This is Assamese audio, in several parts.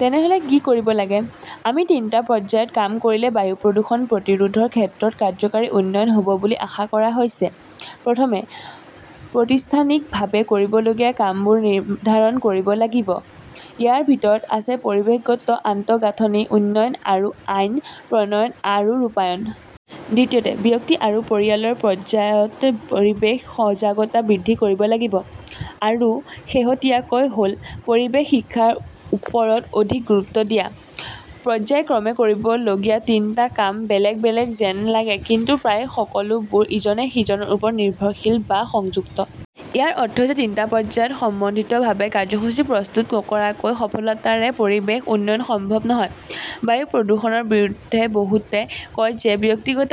তেনেহলে কি কৰিব লাগে? আমি তিনিটা পৰ্যায়ত কাম কৰিলে বায়ু প্ৰদূষণ প্ৰতিৰোধৰ ক্ষেত্ৰত কাৰ্যকৰী উন্নয়ন হ 'ব বুলি আশা কৰা হৈছে। প্ৰথমতে, প্ৰতিষ্ঠানিকভাৱে কৰিবলগীয়া কামবোৰ নিৰ্ধাৰণ কৰিব লাগিব। ইয়াৰ ভিতৰত আছে পৰিৱেশগত আন্তঃগাঁথনি উন্নয়ন আৰু আইন প্ৰণয়ন আৰু ৰূপায়ণ। দ্বিতীয়তে, ব্যক্তি আৰু পৰিয়ালৰ পৰ্যায়ত পৰিৱেশ সজাগতা বৃদ্ধি কৰিব লাগিব। আৰু শেহতীয়াটো হ’ল, পৰিৱেশ শিক্ষাৰ ওপৰত অধিক গুৰুত্ব দিয়া। পৰ্য্যায়ক্ৰমে কৰিবলগীয়া তিনিটা কাম বেলেগ বেলেগ যেন লাগে, কিন্তু প্ৰায় সকলোবোৰ ইজনে সিজনৰ ওপৰত নিৰ্ভৰশীল বা সংযুক্ত। ইয়াৰ অৰ্থ হৈছে তিনিটা পৰ্যায়ত সমন্বিতভাৱে কাৰ্যসূচী প্ৰস্তুত নকৰাকৈ সফলতাৰে পৰিৱেশ উন্নয়ন সম্ভৱ নহয়। বায়ু প্ৰদূষণৰ বিৰুদ্ধে বহুতে কয় যে ব্যক্তিগত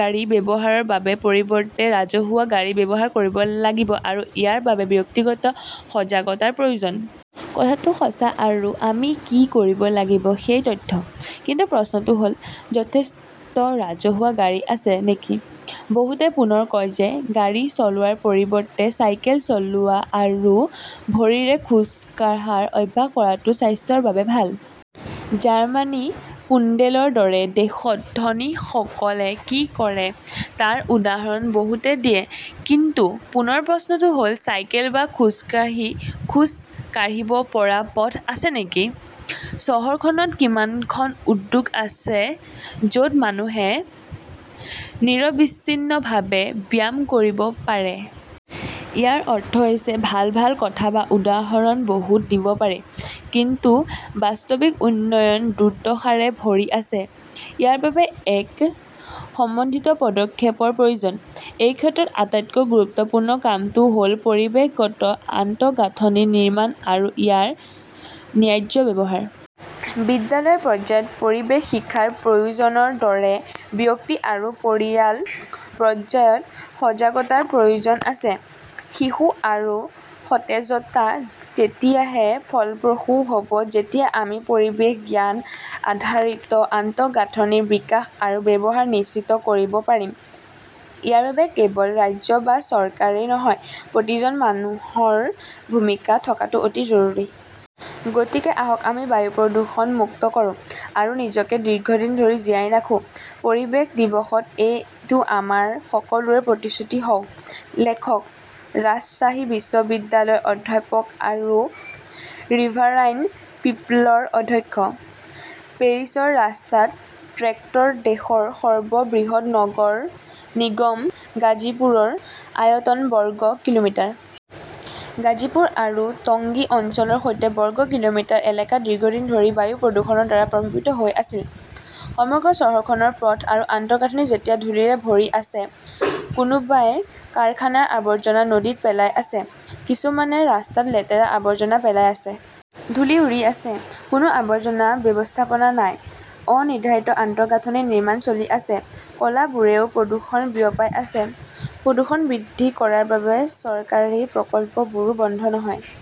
গাড়ী ব্যৱহাৰ কৰাৰ পৰিৱৰ্তে ৰাজহুৱা গাড়ী ব্যৱহাৰ কৰিব লাগিব, আৰু ইয়াৰ বাবে ব্যক্তিগত সজাগতাৰ প্ৰয়োজন। কথাটো সঁচা আৰু আমি কি কৰিব লাগিব সেই তথ্য। কিন্তু প্ৰশ্নটো হ’ল, যথেষ্ট ৰাজহুৱা গাড়ী আছে নেকি? বহুতে পুনৰ কয় যে গাড়ী চলোৱাৰ পৰিৱৰ্তে চাইকেল চলোৱা আৰু ভৰিৰে খোজ কাঢ়াৰ অভ্যাস কৰাটো স্বাস্থ্যৰ বাবে ভাল। জাৰ্মানী পোলেণ্ডৰ দৰে দেশত ধনীসকলে কি কৰে তাৰ উদাহৰণ বহুতে দিয়ে। কিন্তু পুনৰ প্ৰশ্নটো হ’ল, চাইকেল বা খোজকাঢ়ি খোজ কাঢ়িব পৰা পথ আছে নেকি? চহৰখনত কিমানখন উদ্যান আছে য 'ত মানুহে নিৰবিচ্ছিন্নভাৱে ব্যায়াম কৰিব পাৰে? ইয়াৰ অৰ্থ হৈছে ভাল ভাল কথা বা উদাহৰণ বহুত দিব পাৰি, কিন্তু বাস্তৱিক উন্নয়ন দুৰ্দশাৰে ভৰি আছে। ইয়াৰ বাবে এক সমন্বিত পদক্ষেপৰ প্ৰয়োজন। এই ক্ষেত্ৰত আটাইতকৈ গুৰুত্বপূৰ্ণ কামটো হ’ল পৰিৱেশগত আন্তঃগাঁথনি নিৰ্মাণ আৰু ইয়াৰ ন্যায্য ব্যৱহাৰ। বিদ্যালয় পৰ্যায়ত পৰিৱেশ শিক্ষাৰ প্ৰযোজনাৰ দৰে ব্যক্তি আৰু পৰিয়াল পৰ্যায়ত সজাগতাৰ প্ৰয়োজন আছে। শিক্ষা আৰু সতেজতা তেতিয়াহে ফলপ্ৰসূ হ’ব যেতিয়া আমি পৰিৱেশ-জ্ঞান-আধাৰিত আন্তঃগাঁথনিৰ বিকাশ আৰু ব্যৱহাৰ নিশ্চিত কৰিব পাৰিম। ইয়াৰ বাবে কেৱল ৰাজ্য বা চৰকাৰেই নহয়, প্ৰতিজন মানুহৰ ভূমিকা থকাটো অতি জৰুৰী। গতিকে আহক আমি বায়ু প্ৰদূষণমুক্ত কৰোঁ, আৰু নিজকে দীৰ্ঘদিন ধৰি জীয়াই ৰাখোঁ। পৰিৱেশ দিৱসত এইটো আমাৰ সকলোৰে প্ৰতিশ্ৰুতি হওক। লেখকঃ ৰাজশ্বাহী বিশ্ববিদ্যালয়ৰ অধ্যাপক আৰু ৰিভাৰাইন পিপলৰ অধ্যক্ষ। পেৰিছৰ ৰাস্তাত ট্ৰেক্টৰ দেশৰ সৰ্ববৃহৎ নগৰ নিগম গাজীপুৰৰ আয়তন বৰ্গ কিলোমিটাৰ। গাজীপুৰ আৰু টংগী অঞ্চলৰ সৈতে বৰ্গ কিলোমিটাৰ এলেকা দীৰ্ঘদিন ধৰি বায়ু প্ৰদূষণৰ দ্বাৰা প্ৰভাৱিত হৈ আহিছে। সমগ্ৰ চহৰখনৰ পথ আৰু আন্তঃগাঁথনি এতিয়া ধূলিৰে ভৰি আছে। কোনোবাই কাৰখানাৰ আৱৰ্জনা নদীত পেলাই আছে, কিছুমানে ৰাস্তাত লেতেৰা আৱৰ্জনা পেলাই আছে। ধূলি উৰি আছে। কোনো আৱৰ্জনা ব্যৱস্থাপনা নাই। অনিৰ্ধাৰিত আন্তঃগাঁথনি নিৰ্মাণ চলি আছে। কলাবোৰেও প্ৰদূষণ বিয়পাই আছে। প্ৰদূষণ বৃদ্ধি কৰাৰ বাবে চৰকাৰী প্ৰকল্পবোৰো বন্ধ নহয়।